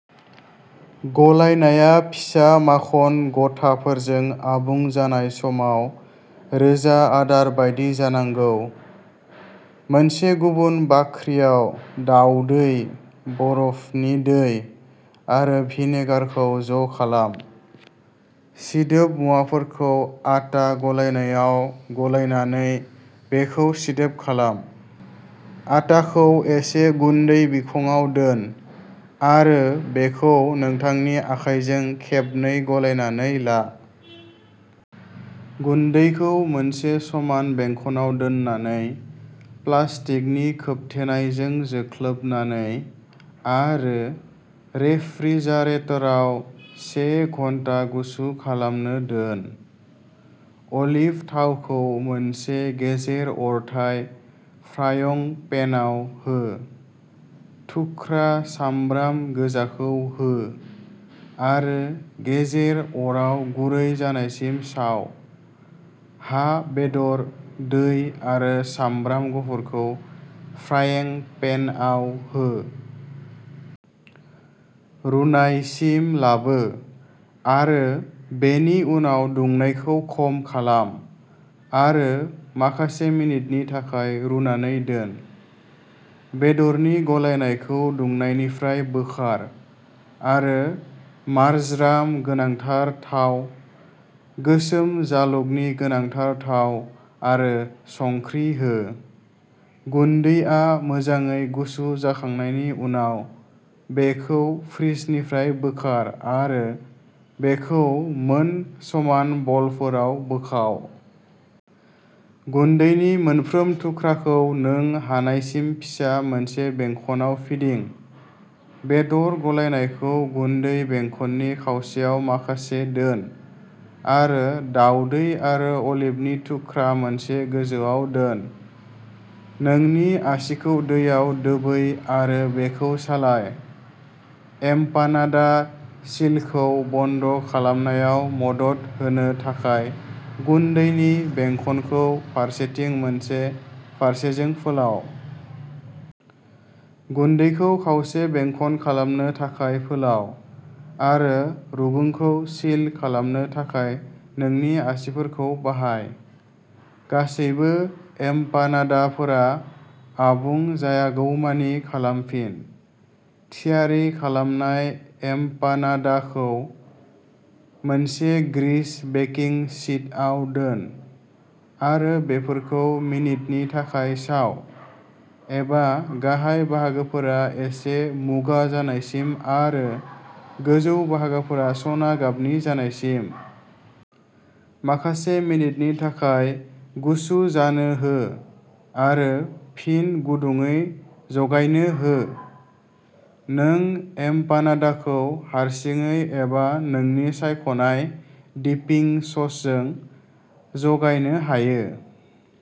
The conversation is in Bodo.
गलायनाया फिसा माखन गथाफोरजों आबुं जानाय समाव रोजा आदार बायदि जानांगौ। मोनसे गुबुन बाख्रियाव, दावदै, बरफनि दै आरो भिनेगारखौ ज'खालाम। सिदोब मुवाफोरखौ आटा गलायनायाव गलायनानै बेखौ सिदोब खालाम। आटाखौ एसे गुन्दै बिखंआव दोन, आरो बेखौ नोंथांनि आखाइजों खेबनै गलायनानै ला। गुन्दैखौ मोनसे समान बेंखनआव दोननानै, प्लास्टिकनि खोबथेनायजों जोख्लोबनानै, आरो रेफ्रिजारेटाराव से घन्टा गुसु खालामनो दोन। अलिभ थावखौ मोनसे गेजेर-अरथाय फ्राइं पेनआव हो। थुख्रा सामब्राम गोजाखौ हो, आरो गेजेर अराव गुरै जानायसिम साव। हा-बेदर, दै आरो सामब्राम गुफुरखौ फ्रयेंं पेनआव हो। रुनायसिम लाबो, आरो बेनि उनाव दुंनायखौ खम खालाम आरो माखासे मिनिटनि थाखाय रुनानै दोन। बेदरनि गलायनायखौ दुंनायनिफ्राय बोखार, आरो मार्जराम गोनांथार थाव, गोसोम जालुगनि गोनांथार थाव आरो संख्रि हो। गुन्दैआ मोजाङै गुसु जाखांनायनि उनाव, बेखौ फ्रिजनिफ्राय बोखार आरो बेखौ मोन समान बलफोराव बोखाव। गुन्दैनि मोनफ्रोम थुख्राखौ नों हानायसिम फिसा मोनसे बेंखनआव फिदिं। बेदर गलायनायखौ गुन्दै बेंखननि खावसेयाव माखासे दोन, आरो दावदै आरो अलिभनि थुख्रा मोनसे गोजौआव दोन। नोंनि आसिखौ दैयाव दोबै आरो बेखौ सालाय। एमपानादा सिलखौ बन्द खालामनायाव मदद होनो थाखाय गुन्दैनि बेंखनखौ फारसेथिं मोनसे फारसेजों फोलाव। गुन्दैखौ खावसे बेंखन खालामनो थाखाय फोलाव, आरो रुगुंखौ सिल खालामनो थाखाय नोंनि आसिफोरखौ बाहाय। गासैबो एमपानादाफोरा आबुं जायागौमानि खालामफिन। थियारि खालामनाय एमपानादाखौ मोनसे ग्रीस बेकिं शीटआव दोन, आरो बेफोरखौ मिनिटनि थाखाय साव, एबा गाहाय बाहागोफोरा एसे मुगा जानायसिम आरो गोजौ बाहागोफोरा सना गाबनि जानायसिम। माखासे मिनिटनि थाखाय गुसु जानो हो आरो फिन गुदुंयै जगायनो हो। नों एमपानादाखौ हारसिङै एबा नोंनि सायख'नाय डिपिं ससजों जगायनो हायो।